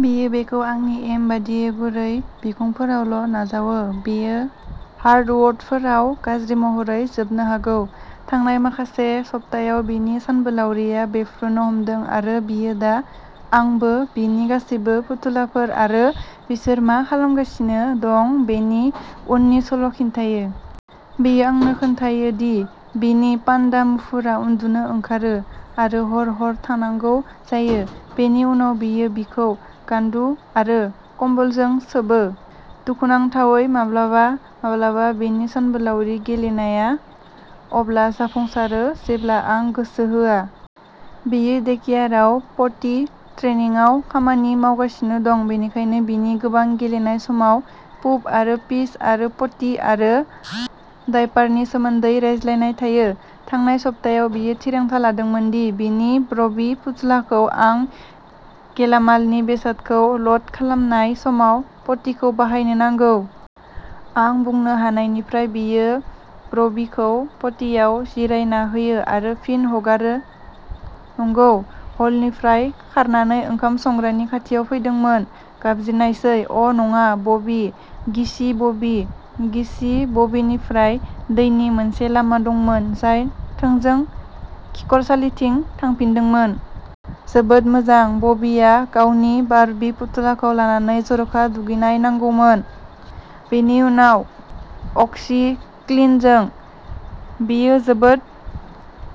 बियो बेखौ आंनि एम बायदि गुरै बिखंफोरावल' नाजावो। बेयो हार्डवुडफोराव गाज्रि महरै जोबनो हागौ। थांनाय माखासे सप्तायाव बिनि सानबोलावरिआ बेरफ्रुनो हमदों आरो बियो दा आंबो बिनि गासैबो फुथुलाफोर आरो बिसोर मा खालामगासिनो दं बेनि उननि सल' खिन्थायो। बियो आंनो खोन्थायो दि बिनि पान्डा मुफुरआ उन्दुनो ओंखारो आरो हर-हर थानांगौ जायो, बेनि उनाव बियो बिखौ गान्दु आरो कम्बलजों सोबो। दुखुनांथावै, माब्लाबा माब्लाबा बिनि सानबोलावरि गेलेनाया अब्ला जाफुंसारो जेब्ला आं गोसो होआ। बियो डेकेयारआव पटि ट्रेनिंआव खामानि मावगासिनो दं, बेनिखायनो बिनि गोबां गेलेनाय समाव पुप आरो पिस आरो पटि आरो डायपारनि सोमोन्दै रायज्लायनाय थायो। थांनाय सप्तायाव, बियो थिरांथा लादोंमोन दि बिनि ब्रबि फुथुलाखौ आं गेलामालनि बेसादखौ ल'ड खालामनाय समाव पटिखौ बाहायनो नांगौ। आं बुंनो हानायनिफ्राय, बियो ब्रबिखौ पटिआव जिरायना होयो आरो फिन हगारो नंगौ। हलनिफ्राय खारनानै ओंखाम संग्रानि खाथियाव फैदोंमोन, गाबज्रिनायसै, अ' नङा ब'बी गिसि ब'बी गिसि ब'बीनिफ्राय दैनि मोनसे लामा दंमोन जाय थोंजों खिखरसालिथिं थांफिनदोंमोन। जोबोद मोजां। ब'बीआ गावनि बार्बी फुथुलाखौ लानानै जर'खा दुगैनाय नांगौमोन, बेनि उनाव अक्सी क्लीनजों। बेयो जोबोद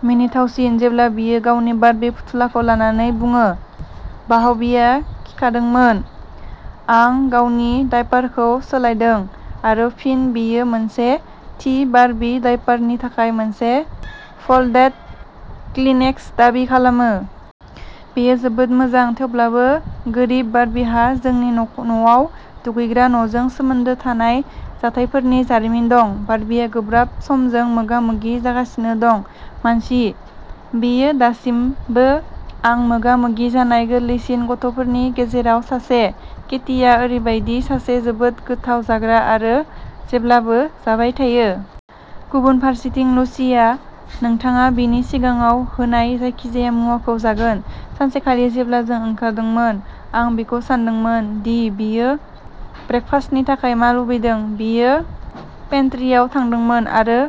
मिनिथावसिन जेब्ला बियो गावनि बार्बी फुथुलाखौ लानानै बुङो, बाह्बीआ खिखादोंमोन आं गावनि डायपारखौ सोलायदों आरो फिन बियो मोनसे थि बार्बी डायपारनि थाखाय मोनसे फोल्डेड क्लिनेक्स दाबि खालामो। बेयो जोबोद मोजां। थेवब्लाबो गोरिब बार्बीहा जोंनि न'आव दुगैग्रा न'जों सोमोन्दो थानाय जाथायफोरनि जारिमिन दं। बार्बीआ गोब्राब समजों मोगा-मोगि जागासिनो दं, मानसि। बियो दासिमबो आं मोगा-मोगि जानाय गोरलैसिन गथ'फोरनि गेजेराव सासे। केटीआ ओरैबायदि सासे जोबोद गोथाव जाग्रा आरो जेब्लाबो जाबाय थायो। गुबुन फारसेथिं, लुसीआ, नोंथाङा बिनि सिगाङाव होनाय जायखिजाया मुवाखौ जागोन। सानसेखालि जेब्ला जों ओंखारदोंमोन, आं बिखौ सोंदोंमोन दि बियो ब्रेकफास्टनि थाखाय मा लुबैदों। बियो पेन्ट्रीआव थांदोंमोन आरो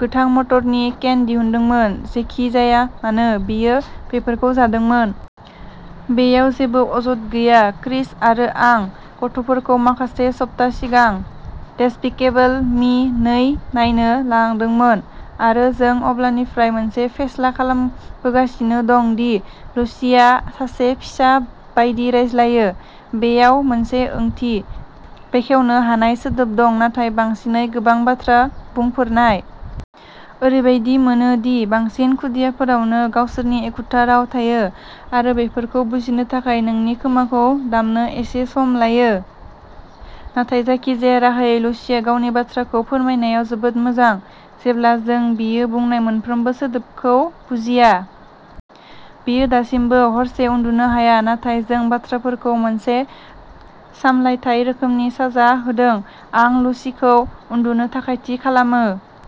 गोथां मटरनि केन दिहुनदोंमोन। जेखि जाया मानो, बियो बेफोरखौ जादोंमोन। बेयाव जेबो अजद गैया। क्रिस आरो आं गथ'फोरखौ माखासे सप्ता सिगां डेस्पिकेबल मी नै नायनो लांदोंमोन, आरो जों अब्लानिफ्राय मोनसे फेस्ला खालामबोगासिनो दं दि लुसिया सासे फिसा बायदि रायज्लायो। बेयाव मोनसे ओंथि बेखेवनो हानाय सोदोब दं, नाथाय बांसिनै गोबां बाथ्रा बुंफोरनाय। ओरैबायदि मोनो दि बांसिन खुदियाफोरावनो गावसोरनि एखुथा राव थायो, आरो बेफोरखौ बुजिनो थाखाय नोंनि खोमाखौ दामनो एसे सम लायो। नाथाय जायखिजाया राहायै, लुसिआ गावनि बाथ्राखौ फोरमायनायाव जोबोद मोजां, जेब्ला जों बियो बुंनाय मोनफ्रोमबो सोदोबखौ बुजिया। बियो दासिमबो हरसे उन्दुनो हाया, नाथाय जों बाथ्राफोरखौ मोनसे सामलायथाय रोखोमनि साजा होदों आं लुसीखौ उन्दुनो थाखाय थि खालामो।